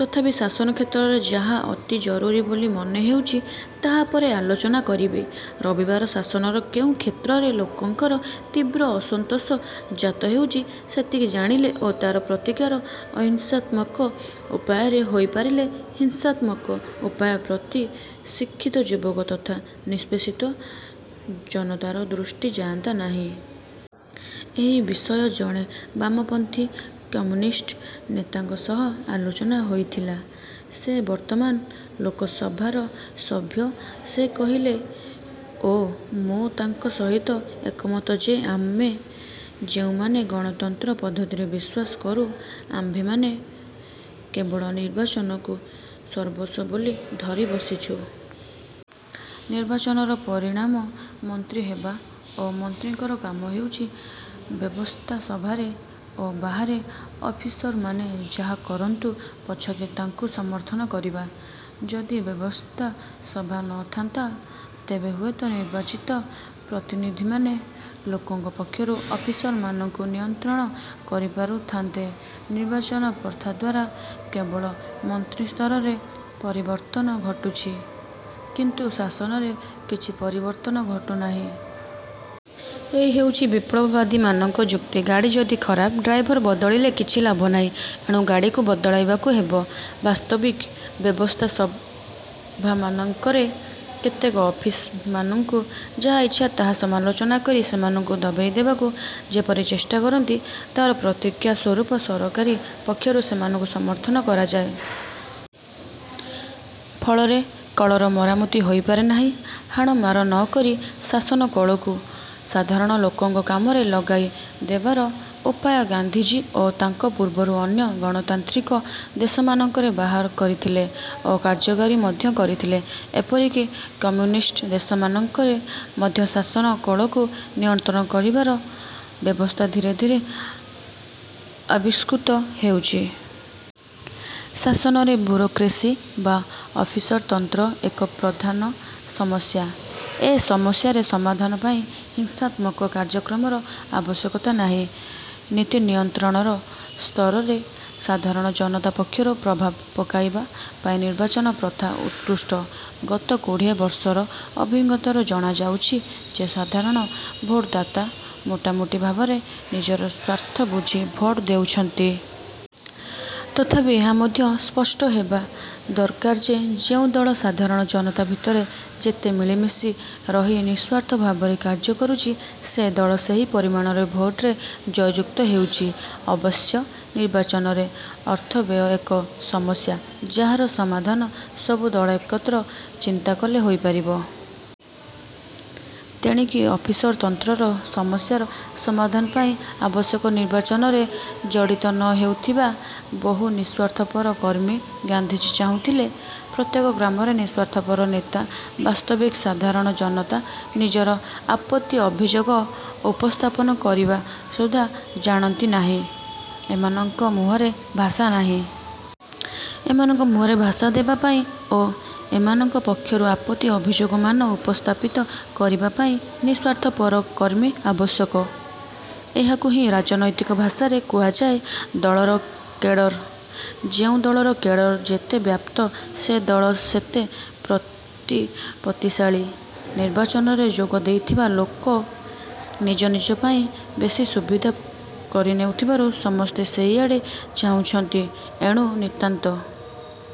ତଥାପି ଶାସନ କ୍ଷେତ୍ରରେ ଯାହା ଅତି ଜରୁରି ବୋଲି ମନେହେଉଛି, ତାହା ପରେ ଆଲୋଚନା କରିବି। ରବିବାର ଶାସନର କେଉଁ କ୍ଷେତ୍ରରେ ଲୋକଙ୍କର ତୀବ୍ର ଅସନ୍ତୋଷ ଜାତ ହେଉଛି, ସେତିକି ଜାଣିଲେ ଓ ତାର ପ୍ରତିକାର ଅହିଂସାତ୍ମକ ଉପାୟରେ ହୋଇପାରିଲେ ହିଂସାତ୍ମକ ଉପାୟ ପ୍ରତି ଶିକ୍ଷିତ ଯୁବକ ତଥା ନିଷ୍ପେଷିତ ଜନତାର ଦୃଷ୍ଟି ଯାଆନ୍ତା ନାହିଁ। ଏହି ବିଷୟ ଜଣେ ବାମପନ୍ଥୀ କମ୍ୟୁନିଷ୍ଟ ନେତାଙ୍କ ସହ ଆଲୋଚନା ହୋଇଥିଲା। ସେ ବର୍ତ୍ତମାନ ଲୋକସଭାର ସଭ୍ୟ। ସେ କହିଲେ ଓ ମୁଁ ତାଙ୍କ ସହିତ ଏକମତ ଯେ ଆମେ ଯେଉଁମାନେ ଗଣତନ୍ତ୍ର ପଦ୍ଧତିରେ ବିଶ୍ୱାସ କରୁ, ଆମ୍ଭେମାନେ କେବଳ ନିର୍ବାଚନକୁ ସର୍ବସ୍ୱ ବୋଲି ଧରିବସିଛୁ। ନିର୍ବାଚନର ପରିଣାମ ମନ୍ତ୍ରୀ ହେବା ଓ ମନ୍ତ୍ରୀଙ୍କର କାମ ହେଉଛି ବ୍ୟବସ୍ଥାସଭାରେ ଓ ବାହାରେ ଅଫିସରମାନେ ଯାହା କରନ୍ତୁ ପଛକେ ତାଙ୍କୁ ସମର୍ଥନ କରିବା। ଯଦି ବ୍ୟବସ୍ଥାସଭା ନଥାନ୍ତା, ତେବେ ହୁଏତ ନିର୍ବାଚିତ ପ୍ରତିନିଧିମାନେ ଲୋକଙ୍କ ପକ୍ଷରୁ ଅଫିସରମାନଙ୍କୁ ନିୟନ୍ତ୍ରଣ କରିପାରୁଥାନ୍ତେ। ନିର୍ବାଚନ ପ୍ରଥାଦ୍ୱାରା କେବଳ ମନ୍ତ୍ରିସ୍ତରରେ ପରିବର୍ତ୍ତନ ଘଟୁଛି କିନ୍ତୁ ଶାସନରେ କିଛି ପରିବର୍ତ୍ତନ ଘଟୁନାହିଁ। ଏହି ହେଉଛି ବିପ୍ଳବବାଦୀମାନଙ୍କ ଯୁକ୍ତି। ଗାଡ଼ି ଯଦି ଖରାପ, ଡ୍ରାଇଭର ବଦଳିଲେ କିଛି ଲାଭନାହିଁ। ଏଣୁ ଗାଡ଼ିକୁ ବଦଳାଇବାକୁ ହେବ। ବାସ୍ତବିକ ବ୍ୟବସ୍ଥାସଭାମାନଙ୍କରେ କେତେକ ଅଫିସମାନଙ୍କୁ ଯାହା ଇଚ୍ଛା ତାହା ସମାଲୋଚନା କରି ସେମାନଙ୍କୁ ଦବେଇ ଦେବାକୁ ଯେପରି ଚେଷ୍ଟାକରନ୍ତି, ତା'ର ପ୍ରତିକ୍ରିୟା ସ୍ୱରୂପ ସରକାରୀ ପକ୍ଷରୁ ସେମାନଙ୍କୁ ସମର୍ଥନ କରାଯାଏ। ଫଳରେ କଳର ମରାମତି ହୋଇପାରେ ନାହିଁ। ହାଣମାର ନକରି ଶାସନ କଳକୁ ସାଧାରଣ ଲୋକଙ୍କ କାମରେ ଲଗାଇ ଦେବାର ଉପାୟ ଗାନ୍ଧିଜୀ ଓ ତାଙ୍କ ପୂର୍ବରୁ ଅନ୍ୟ ଗାଣତାନ୍ତ୍ରିକ ଦେଶମାନଙ୍କରେ ବାହାର କରିଥିଲେ ଓ କାର୍ଯ୍ୟକାରୀ ମଧ୍ୟ କରିଥିଲେ। ଏପରିକି କମ୍ୟୁନିଷ୍ଟ ଦେଶମାନଙ୍କରେ ମଧ୍ୟ ଶାସନ କଳକୁ ନିୟନ୍ତ୍ରଣ କରିବାର ବ୍ୟବସ୍ଥା ଧୀରେ ଧୀରେ ଆବିଷ୍କୃତ ହେଉଛି। ଶାସନରେ ବୁରୋକ୍ରେସି ବା ଅଫିସରତନ୍ତ୍ର ଏକ ପ୍ରଧାନ ସମସ୍ୟା। ଏ ସମସ୍ୟାର ସମାଧାନ ପାଇଁ ହିଂସାତ୍ମକ କାର୍ଯ୍ୟକ୍ରମର ଆବଶ୍ୟକତା ନାହିଁ। ନୀତିନିୟନ୍ତ୍ରଣ ସ୍ତରରେ ସାଧାରଣ ଜନତା ପକ୍ଷରୁ ପ୍ରଭାବ ପକାଇବା ପାଇଁ ନିର୍ବାଚନ ପ୍ରଥା ଉତ୍କୃଷ୍ଟ। ଗତ କୋଡ଼ିଏ ବର୍ଷର ଅଭିଜ୍ଞତାରୁ ଜଣାଯାଉଛି ଯେ ସାଧାରଣ ଭୋଟଦାତା ମୋଟାମୋଟି ଭାବରେ ନିଜର ସ୍ୱାର୍ଥବୁଝି ଭୋଟ ଦେଉଛନ୍ତି। ତଥାପି ଏହା ମଧ୍ୟ ସ୍ପଷ୍ଟହେବା ଦରକାର ଯେ ଯେଉଁ ଦଳ ସାଧାରଣ ଜନତା ଭିତରେ ଯେତେ ମିଳିମିଶି ରହି ନିଃସ୍ୱାର୍ଥ ଭାବରେ କାର୍ଯ୍ୟ କରୁଛି, ସେ ଦଳ ସେହି ପରିମାଣରେ ଭୋଟରେ ଜୟଯୁକ୍ତ ହେଉଛି। ଅବଶ୍ୟ ନିର୍ବାଚନରେ ଅର୍ଥବ୍ୟୟ ଏକ ସମସ୍ୟା- ଯାହାର ସମାଧାନ ସବୁ ଦଳ ଏକତ୍ର ଚିନ୍ତାକଲେ ହୋଇପାରିବ। ତେଣିକି ଅଫିସରତନ୍ତ୍ରର ସମସ୍ୟାର ସମାଧାନ ପାଇଁ ଆବଶ୍ୟକ ନିର୍ବାଚନରେ ଜଡ଼ିତ ନ ହେଉଥିବା ବହୁ ନିଃସ୍ୱାର୍ଥପର କର୍ମୀ। ଗାନ୍ଧିଜୀ ଚାହୁଁଥିଲେ ପ୍ରତ୍ୟେକ ଗ୍ରାମରେ ନିଃସ୍ୱାର୍ଥପର ନେତା। ବାସ୍ତବିକ ସାଧାରଣ ଜନତା ନିଜର ଆପତ୍ତି ଅଭିଯୋଗ ଉପସ୍ଥାପନ କରିବା ସୁଦ୍ଧା ଜାଣନ୍ତି ନାହିଁ। ଏମାନଙ୍କ ମୁହଁରେ ଭାଷା ନାହିଁ। ଏମାନଙ୍କ ମୁହଁରେ ଭାଷା ଦେବାପାଇଁ ଓ ଏମାନଙ୍କ ପକ୍ଷରୁ ଆପତ୍ତି ଅଭିଯୋଗମାନ ଉପସ୍ଥାପିତ କରିବା ପାଇଁ ନିଃସ୍ୱାର୍ଥପର କର୍ମୀ ଆବଶ୍ୟକ। ଏହାକୁ ହିଁ ରାଜନୈତିକ ଭାଷାରେ କୁହାଯାଏ ଦଳର କେଡ଼ର। ଯେଉଁ ଦଳର କେଡ଼ର ଯେତେ ବ୍ୟାପ୍ତ ସେ ଦଳ ସେତେ ପ୍ରତିପତ୍ତିଶାଳୀ। ନିର୍ବାଚନରେ ଯୋଗ ଦେଇଥିବା ଲୋକେ ନିଜ ନିଜ ପାଇଁ ବେଶି ସୁବିଧା କରି ନେଉଥିବାରୁ ସମସ୍ତେ ସେହିଆଡ଼େ ଚାହୁଁଛନ୍ତି। ଏଣୁ ନିତାନ୍ତ